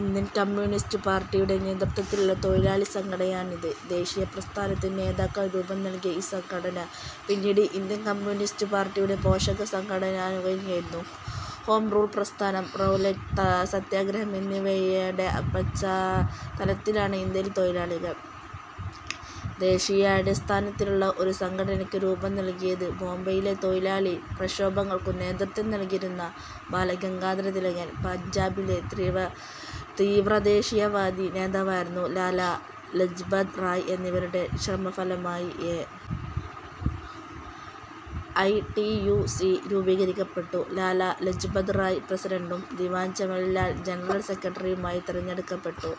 Indian കമ്യൂണിസ്റ്റുപാർട്ടിയുടെ നേതൃത്വത്തിലുള്ള തൊഴിലാളി സംഘടനയാണിത്. ദേശീയ പ്രസ്ഥാനത്തിന്റെ നേതാക്കൾ രൂപം നൽകിയ ഈ സംഘടന പിന്നീട് ഇന്ത്യൻ കമ്യൂണിസ്റ്റുപാർട്ടിയുടെ പോഷക സംഘടനയാവുകയും ആയിരുന്നു. ഹോംറൂൾ പ്രസ്ഥാനം, റൗലറ്റ് സത്യഗ്രഹം എന്നിവയുടെ പശ്ചാത്തലത്തിലാണ് ഇന്ത്യയിലെ തൊഴിലാളികൾ ദേശീയാടിസ്ഥാനത്തിലുള്ള ഒരു സംഘടനയ്ക്കു രൂപംനൽകിയത്. ബോംബെയിലെ തൊഴിലാളി പ്രക്ഷോഭങ്ങൾക്കു നേതൃത്വം നൽകിയിരുന്ന ബാലഗംഗാധര തിലകൻ, പഞ്ചാബിലെ തീവ്രദേശീയവാദി നേതാവായിരുന്ന ലാലാ ലജ്പത് റായ് എന്നിവരുടെ ശ്രമഫലമായി A. I. T. U. C. രൂപീകരിക്കപ്പെട്ടു. ലാലാ ലജ്പത് റായ് പ്രസിഡന്റും ദിവാൻ ചമൻ ലാൽ ജനറൽ സെക്രട്ടറിയുമായി തെരഞ്ഞെടുക്കപ്പെട്ടു.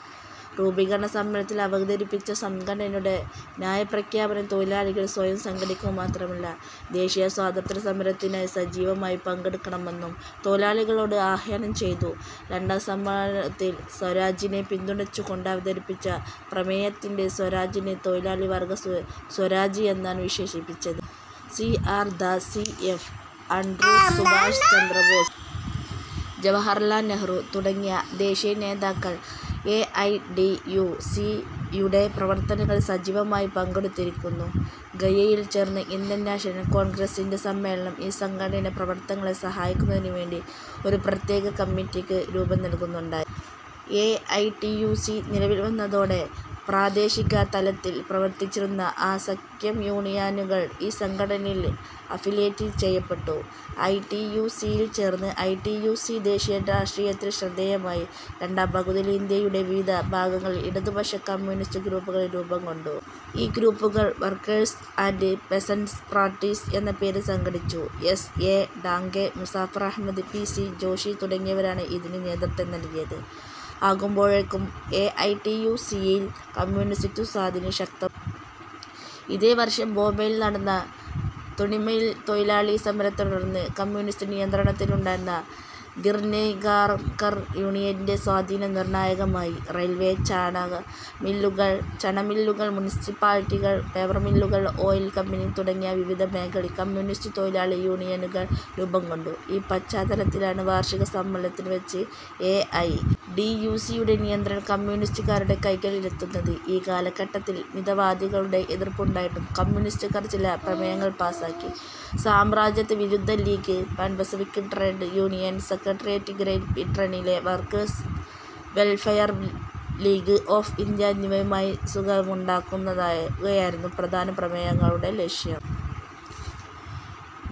രൂപീകരണ സമ്മേളനത്തിൽ അവതരിപ്പിച്ച സംഘടനയുടെ നയപ്രഖ്യാപനം, തൊഴിലാളികൾ സ്വയം സംഘടിക്കുക മാത്രമല്ല, ദേശീയ സ്വാതന്ത്യസമരത്തിൽ സജീവമായി പങ്കെടുക്കണമെന്നും ' തൊഴിലാളികളോട് ആഹ്വാനം ചെയ്തു. രണ്ടാം സമ്മേളനത്തിൽ സ്വരാജിനെ പിന്തുണച്ചുകൊണ്ട് അവതരിപ്പിച്ച പ്രമേയത്തിൽ, സ്വരാജിനെ തൊഴിലാളിവർഗ സ്വരാജ് എന്നാണ് വിശേഷിപ്പിച്ചത്. C. R. Das, C. F. Andrews, Subhash Chandrabose, Jawaharlal Nehru തുടങ്ങിയ ദേശീയ നേതാക്കൾ A. I. T. U. C. യുടെ പ്രവർത്തനങ്ങളിൽ സജീവമായി പങ്കെടുത്തിരുന്നു. ഗയയിൽ ചേർന്ന ഇന്ത്യൻ നാഷണൽ കോൺഗ്രസ്സിന്റെ സമ്മേളനം ഈ സംഘടനയുടെ പ്രവർത്തനങ്ങളെ സഹായിക്കുന്നതിനുവേണ്ടി ഒരു പ്രത്യേക കമ്മിറ്റിയ്ക്കു രൂപം നൽകുകയുണ്ടായി. A. I. T. U. C. നിലവിൽവന്നതോടെ പ്രാദേശികതലത്തിൽ പ്രവർത്തിച്ചിരുന്ന അസംഖ്യം യൂണിയനുകൾ ഈ സംഘടനയിൽ അഫിലിയേറ്റ് ചെയ്യപ്പെട്ടു. ഐ. ടി. യു. സി. യിൽ ചേർന്നു. ഐ. ടി. യു. സി. ദേശീയ രാഷ്ട്രീയത്തിൽ ശ്രദ്ധേയമായി. രണ്ടാംപകുതിയിൽ ഇന്ത്യയുടെ വിവിധ ഭാഗങ്ങളിൽ ഇടതുപക്ഷ-കമ്യൂണിസ്റ്റു ഗ്രൂപ്പുകൾ രൂപംകൊണ്ടു. ഈ ഗ്രൂപ്പുകൾ ' വർക്കേഴ്സ് ആൻഡ് പെസന്റ്സ് പാർട്ടീസ് ' എന്ന പേരിൽ സംഘടിച്ചു. S. A. Dange, Muzaffar Ahmad, P. C. Joshi തുടങ്ങിയവരാണ് ഇതിനു നേതൃത്വം നൽകിയത്. ആകുമ്പോഴേക്കും A. I. T. U. C. യിൽ കമ്യൂണിസ്റ്റു സ്വാധീനം ശക്തമായി. ഇതേവർഷം ബോംബെയിൽ നടന്ന തുണിമിൽ തൊഴിലാളി സമരത്തെത്തുടർന്ന്, കമ്യൂണിസ്റ്റു നിയന്ത്രണത്തിലുണ്ടായിരുന്ന ഗിർനി കാംകർ യൂണിയന്റെ, സ്വാധീനം നിർണായകമായി. റെയിൽവെ, ചണമില്ലുകൾ, മുനിസിപ്പാലിറ്റികൾ, പേപ്പർമില്ലുകൾ, ഓയിൽ കമ്പനികൾ തുടങ്ങിയ വിവിധ മേഖലകളിൽ കമ്യൂണിസ്റ്റു തൊഴിലാളി യൂണിയനുകൾ രൂപംകൊണ്ടു. ഈ പശ്ചാത്തലത്തിലാണ് വാർഷിക സമ്മേളനത്തിൽ വച്ച് A. I. T. U. C. യുടെ നിയന്ത്രണം കമ്യൂണിസ്റ്റുകാരുടെ കൈകളിലെത്തുന്നത്. ഈ കാലഘട്ടത്തിൽ മിതവാദികളുടെ എതിർപ്പുണ്ടായിട്ടും കമ്യൂണിസ്റ്റുകാർ ചില പ്രമേയങ്ങൾ പാസ്സാക്കി. സാമ്രാജ്യത്വവിരുദ്ധ league pan pacific trade union secretariat great ബ്രിട്ടനിലെ workers welfare league of India എന്നിവയുമായി സഖ്യമുണ്ടാക്കുകയായിരുന്നു പ്രധാന പ്രമേയങ്ങളുടെ ലക്ഷ്യം.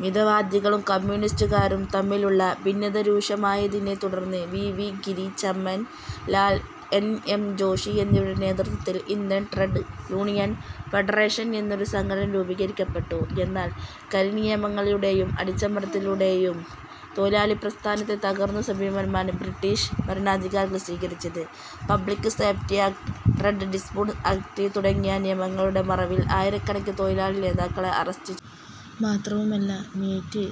മിതവാദികളും കമ്യൂണിസ്റ്റുകാരും തമ്മിലുള്ള ഭിന്നത രൂക്ഷമായതിനെ തുടർന്ന്, V. V. Giri, Chaman Lal, N. M. Joshi എന്നിവരുടെ നേതൃത്വത്തിൽ ഇന്ത്യൻ ട്രേഡ് യൂണിയൻ ഫെഡറേഷൻ എന്നൊരു സംഘടന രൂപീകരിക്കപ്പെട്ടു. എന്നാൽ, കരിനിയമങ്ങളിലൂടെയും അടിച്ചമർത്തലിലൂടെയും തൊഴിലാളിപ്രസ്ഥാനത്തെ തകർക്കുന്ന സമീപനമാണ് ബ്രിട്ടിഷ് ഭരണാധികാരികൾ സ്വീകരിച്ചത്. Public safety act, trade disputes act തുടങ്ങിയ നിയമങ്ങളുടെ മറവിൽ ആയിരക്കണക്കിന് തൊഴിലാളി നേതാക്കളെ അറസ്റ്റുചെയ്തു. മാത്രവുമല്ല, മീററ്റ്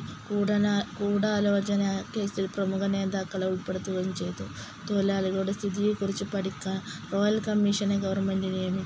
ഗൂഢാലോചനാ കേസ്സിൽ പ്രമുഖ നേതാക്കളെ ഉൾപ്പെടുത്തുകയും ചെയ്തു. തൊഴിലാളികളുടെ സ്ഥിതിയെക്കുറിച്ച് പഠിക്കാൻ റോയൽകമ്മിഷനെ ഗവൺമെന്റ് നിയമിച്ചു.